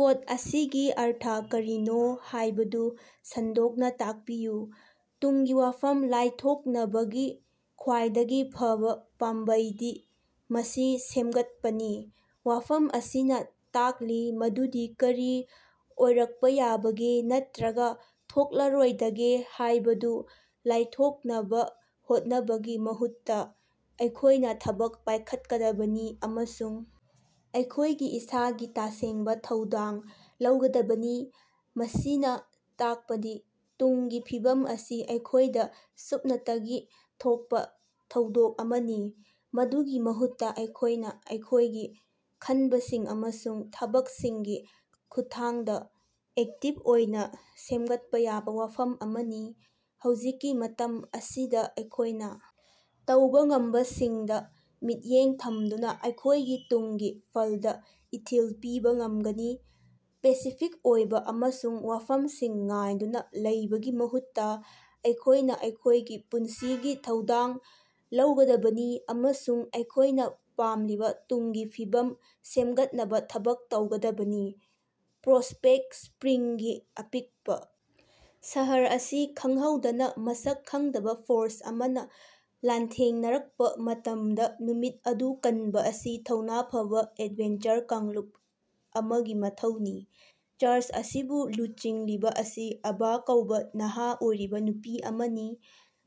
Code ꯑꯁꯤꯒꯤ ꯑꯔꯊ ꯀꯔꯤꯅꯣ ꯍꯥꯏꯕꯗꯨ ꯁꯟꯗꯣꯛꯅ ꯇꯥꯛꯄꯤꯌꯨ: "ꯇꯨꯡꯒꯤ ꯋꯥꯐꯝ ꯂꯥꯏꯊꯣꯛꯅꯕꯒꯤ ꯈ꯭ꯋꯥꯏꯗꯒꯤ ꯐꯕ ꯄꯥꯝꯕꯩꯗꯤ ꯃꯁꯤ ꯁꯦꯝꯒꯠꯄꯅꯤ꯫" ꯋꯥꯐꯝ ꯑꯁꯤꯅ ꯇꯥꯛꯂꯤ ꯃꯗꯨꯗꯤ ꯀꯔꯤ ꯑꯣꯏꯔꯛꯄ ꯌꯥꯕꯒꯦ ꯅꯠꯇ꯭ꯔꯒ ꯊꯣꯛꯂꯔꯣꯏꯗꯒꯦ ꯍꯥꯏꯕꯗꯨ ꯂꯥꯏꯊꯣꯛꯅꯕ ꯍꯣꯠꯅꯕꯒꯤ ꯃꯍꯨꯠꯇ ꯑꯩꯈꯣꯏꯅ ꯊꯕꯛ ꯄꯥꯏꯈꯠꯀꯗꯕꯅꯤ ꯑꯃꯁꯨꯡ ꯑꯩꯈꯣꯏꯒꯤ ꯏꯁꯥꯒꯤ ꯇꯁꯦꯡꯕ ꯊꯧꯗꯥꯡ ꯂꯧꯒꯗꯕꯅꯤ꯫ ꯃꯁꯤꯅ ꯇꯥꯛꯄꯗꯤ ꯇꯨꯡꯒꯤ ꯐꯤꯕꯝ ꯑꯁꯤ ꯑꯩꯈꯣꯏꯗ ꯁꯨꯞꯅꯇꯒꯤ ꯊꯣꯛꯄ ꯊꯧꯗꯣꯛ ꯑꯃꯅꯤ, ꯃꯗꯨꯒꯤ ꯃꯍꯨꯠꯇ ꯑꯩꯈꯣꯏꯅ ꯑꯩꯈꯣꯏꯒꯤ ꯈꯟꯕꯁꯤꯡ ꯑꯃꯁꯨꯡ ꯊꯕꯛꯁꯤꯡꯒꯤ ꯈꯨꯠꯊꯥꯡꯗ ꯑꯦꯛꯇꯤꯕ ꯑꯣꯏꯅ ꯁꯦꯝꯒꯠꯄ ꯌꯥꯕ ꯋꯥꯐꯝ ꯑꯃꯅꯤ꯫ ꯍꯧꯖꯤꯛꯀꯤ ꯃꯇꯝ ꯑꯁꯤꯗ ꯑꯩꯈꯣꯏꯅ ꯇꯧꯕ ꯉꯝꯕꯁꯤꯡꯗ ꯃꯤꯠꯌꯦꯡ ꯊꯝꯗꯨꯅ ꯑꯩꯈꯣꯏꯒꯤ ꯇꯨꯡꯒꯤ ꯐꯜꯗ ꯏꯊꯤꯜ ꯄꯤꯕ ꯉꯝꯒꯅꯤ꯫ ꯄꯦꯁꯤꯐꯤꯛ ꯑꯣꯏꯕ ꯑꯃꯁꯨꯡ ꯋꯥꯐꯝꯁꯤꯡ ꯉꯥꯏꯗꯨꯅ ꯂꯩꯕꯒꯤ ꯃꯍꯨꯠꯇ ꯑꯩꯈꯣꯏꯅ ꯑꯩꯈꯣꯏꯒꯤ ꯄꯨꯟꯁꯤꯒꯤ ꯊꯧꯗꯥꯡ ꯂꯧꯒꯗꯕꯅꯤ ꯑꯃꯁꯨꯡ ꯑꯩꯈꯣꯏꯅ ꯄꯥꯝꯂꯤꯕ ꯇꯨꯡꯒꯤ ꯐꯤꯕꯝ ꯁꯦꯝꯒꯠꯅꯕ ꯊꯕꯛ ꯇꯧꯒꯗꯕꯅꯤ꯫ ꯄ꯭ꯔꯣꯁꯄꯦꯛ ꯁꯄ꯭ꯔꯤꯡꯒꯤ ꯑꯄꯤꯛꯄ ꯁꯍꯔ ꯑꯁꯤ ꯈꯪꯍꯧꯗꯅ ꯃꯁꯛ ꯈꯪꯗꯕ ꯐꯣꯔꯁ ꯑꯃꯅ ꯂꯥꯟꯊꯦꯡꯅꯔꯛꯄ ꯃꯇꯝꯗ ꯅꯨꯃꯤꯠ ꯑꯗꯨ ꯀꯟꯕ ꯑꯁꯤ ꯊꯧꯅꯥ ꯐꯕ ꯑꯦꯗꯚꯦꯟꯆꯔ ꯀꯥꯡꯂꯨꯞ ꯑꯃꯒꯤ ꯃꯊꯧꯅꯤ꯫ ꯆꯥꯔꯖ ꯑꯁꯤꯕꯨ ꯂꯨꯆꯤꯡꯂꯤꯕ ꯑꯁꯤ ꯑꯚꯥ ꯀꯧꯕꯥ ꯅꯍꯥ ꯑꯣꯏꯔꯤꯕ ꯅꯨꯄꯤ ꯑꯃꯅꯤ꯫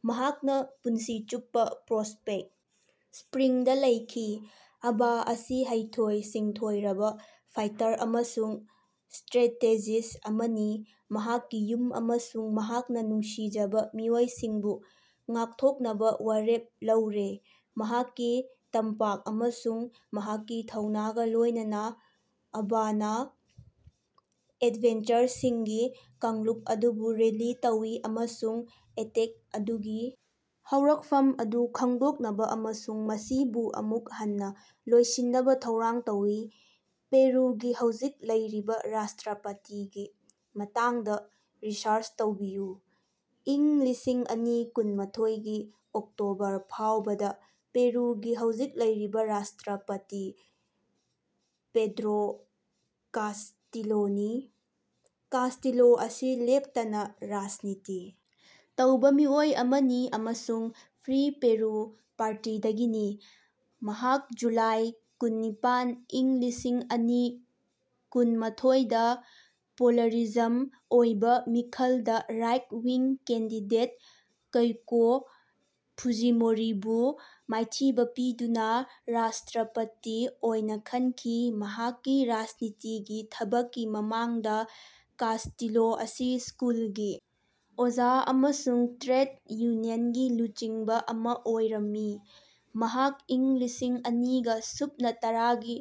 ꯃꯍꯥꯛꯅ ꯄꯨꯟꯁꯤ ꯆꯨꯞꯄ ꯄ꯭ꯔꯣꯁꯄꯦꯛ ꯁ꯭ꯄꯔꯤꯡꯗ ꯂꯩꯈꯤ꯫ ꯑꯚꯥ ꯑꯁꯤ ꯍꯩꯊꯣꯏ-ꯁꯤꯡꯊꯣꯏꯔꯕ ꯐꯥꯏꯇꯔ ꯑꯃꯁꯨꯡ ꯁꯇ꯭ꯔꯦꯇꯦꯖꯤꯁ ꯑꯃꯅꯤ, ꯃꯍꯥꯛꯀꯤ ꯌꯨꯝ ꯑꯃꯁꯨꯡ ꯃꯍꯥꯛꯅ ꯅꯨꯡꯁꯤꯖꯕ ꯃꯤꯑꯣꯏꯁꯤꯡꯕꯨ ꯉꯥꯛꯊꯣꯛꯅꯕ ꯋꯥꯔꯦꯞ ꯂꯧꯔꯦ꯫ ꯃꯍꯥꯛꯀꯤ ꯇꯝꯄꯥꯛ ꯑꯃꯁꯨꯡ ꯃꯍꯥꯛꯀꯤ ꯊꯧꯅꯥꯒ ꯂꯣꯏꯅꯅ ꯑꯚꯥꯅ ꯑꯦꯗꯚꯦꯟꯆꯔꯁꯤꯡꯒꯤ ꯀꯥꯡꯂꯨꯞ ꯑꯗꯨꯕꯨ ꯔꯦꯂꯤ ꯇꯧꯏ ꯑꯃꯁꯨꯡ ꯑꯦꯇꯦꯛ ꯑꯗꯨꯒꯤ ꯍꯧꯔꯛꯐꯝ ꯑꯗꯨ ꯈꯪꯗꯣꯛꯅꯕ ꯑꯃꯁꯨꯡ ꯃꯁꯤꯕꯨ ꯑꯃꯨꯛ ꯍꯟꯅ ꯂꯣꯏꯁꯤꯟꯅꯕ ꯊꯧꯔꯥꯡ ꯇꯧꯏ꯫ ꯄꯦꯔꯨꯒꯤ ꯍꯧꯖꯤꯛ ꯂꯩꯔꯤꯕꯥ ꯔꯥꯁꯇ꯭ꯔꯄꯇꯤꯒꯤ ꯃꯇꯥꯡꯗ ꯔꯤꯁꯔꯆ ꯇꯧꯕꯤꯌꯨ꯫ ꯏꯪ ꯂꯤꯁꯤꯡ ꯑꯅꯤ ꯀꯨꯟꯃꯥꯊꫭꯏꯒꯤ ꯑꯣꯛꯇꯣꯕꯔ ꯐꯥꯎꯕꯗ ꯄꯦꯔꯨꯒꯤ ꯍꯧꯖꯤꯛ ꯂꯩꯔꯤꯕ ꯔꯥꯁꯇ꯭ꯔꯄꯇꯤ ꯄꯦꯗ꯭ꯔꯣ ꯀꯥꯁꯇꯤꯂꯣꯅꯤ꯫ ꯀꯥꯁꯇꯤꯂꯣ ꯑꯁꯤ ꯂꯦꯞꯇꯅ ꯔꯥꯖꯅꯤꯇꯤ ꯇꯧꯕ ꯃꯤꯑꯣꯏ ꯑꯃꯅꯤ ꯑꯃꯁꯨꯡ ꯐ꯭ꯔꯤ ꯄꯦꯔꯨ ꯄꯥꯔꯇꯤꯗꯒꯤꯅꯤ꯫ ꯃꯍꯥꯛ ꯖꯨꯂꯥꯏ ꯀꯨꯟꯅꯤꯄꯥꯟ, ꯏꯪ ꯂꯤꯁꯤꯡ ꯑꯅꯤ ꯀꯨꯟꯃꯥꯊꫭꯏꯗ ꯄꯣꯂꯥꯔꯤꯖꯝ ꯑꯣꯏꯕ ꯃꯤꯈꯜꯗ ꯔꯥꯏꯠ-ꯋꯤꯡ ꯀꯦꯟꯗꯤꯗꯦꯠ ꯀꯦꯏꯀꯣ ꯐꯨꯖꯤꯃꯣꯔꯤꯕꯨ ꯃꯥꯏꯊꯤꯕ ꯄꯤꯗꯨꯅ ꯔꯥꯁꯇ꯭ꯔꯄꯇꯤ ꯑꯣꯏꯅ ꯈꯟꯈꯤ꯫ ꯃꯍꯥꯛꯀꯤ ꯔꯥꯖꯅꯤꯇꯤꯒꯤ ꯊꯕꯛꯀꯤ ꯃꯃꯥꯡꯗ, ꯀꯥꯁꯇꯤꯂꯣ ꯑꯁꯤ ꯁ꯭ꯀꯨꯜꯒꯤ ꯑꯣꯖꯥ ꯑꯃꯁꯨꯡ ꯇ꯭ꯔꯦꯗ ꯌꯨꯅꯤꯌꯟꯒꯤ ꯂꯨꯆꯤꯡꯕ ꯑꯃꯥ ꯑꯣꯏꯔꯝꯃꯤ꯫ ꯃꯍꯥꯛ ꯏꯪ ꯂꯤꯁꯤꯡ ꯑꯅꯤꯒ ꯁꯨꯞꯅ ꯇꯔꯥꯒꯤ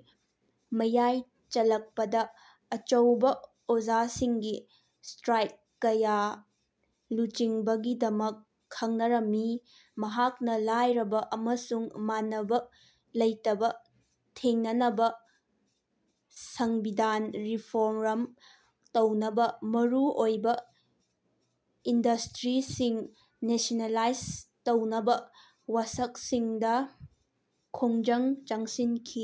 ꯃꯌꯥꯏ ꯆꯜꯂꯛꯄꯗ ꯑꯆꯧꯕ ꯑꯣꯖꯥꯁꯤꯡꯒꯤ ꯁꯇ꯭ꯔꯥꯏꯛ ꯀꯌꯥ ꯂꯨꯆꯤꯡꯕꯒꯤꯗꯃꯛ ꯈꯪꯅꯔꯝꯃꯤ꯫ ꯃꯍꯥꯛꯅ ꯂꯥꯏꯔꯕ ꯑꯃꯁꯨꯡ ꯃꯥꯟꯅꯕ ꯂꯩꯇꯕ ꯊꯦꯡꯅꯅꯕ, ꯁꯪꯕꯤꯙꯥꯟ ꯔꯤꯐꯣꯔꯝ ꯇꯧꯅꯕ, ꯃꯔꯨꯑꯣꯏꯕꯥ ꯏꯟꯗꯁꯇ꯭ꯔꯤꯁꯤꯡ ꯅꯦꯁꯅꯦꯂꯥꯏꯖ ꯇꯧꯅꯕ ꯋꯥꯁꯛꯁꯤꯡꯗ ꯈꯣꯡꯖꯪ ꯆꯪꯁꯤꯟꯈꯤ꯫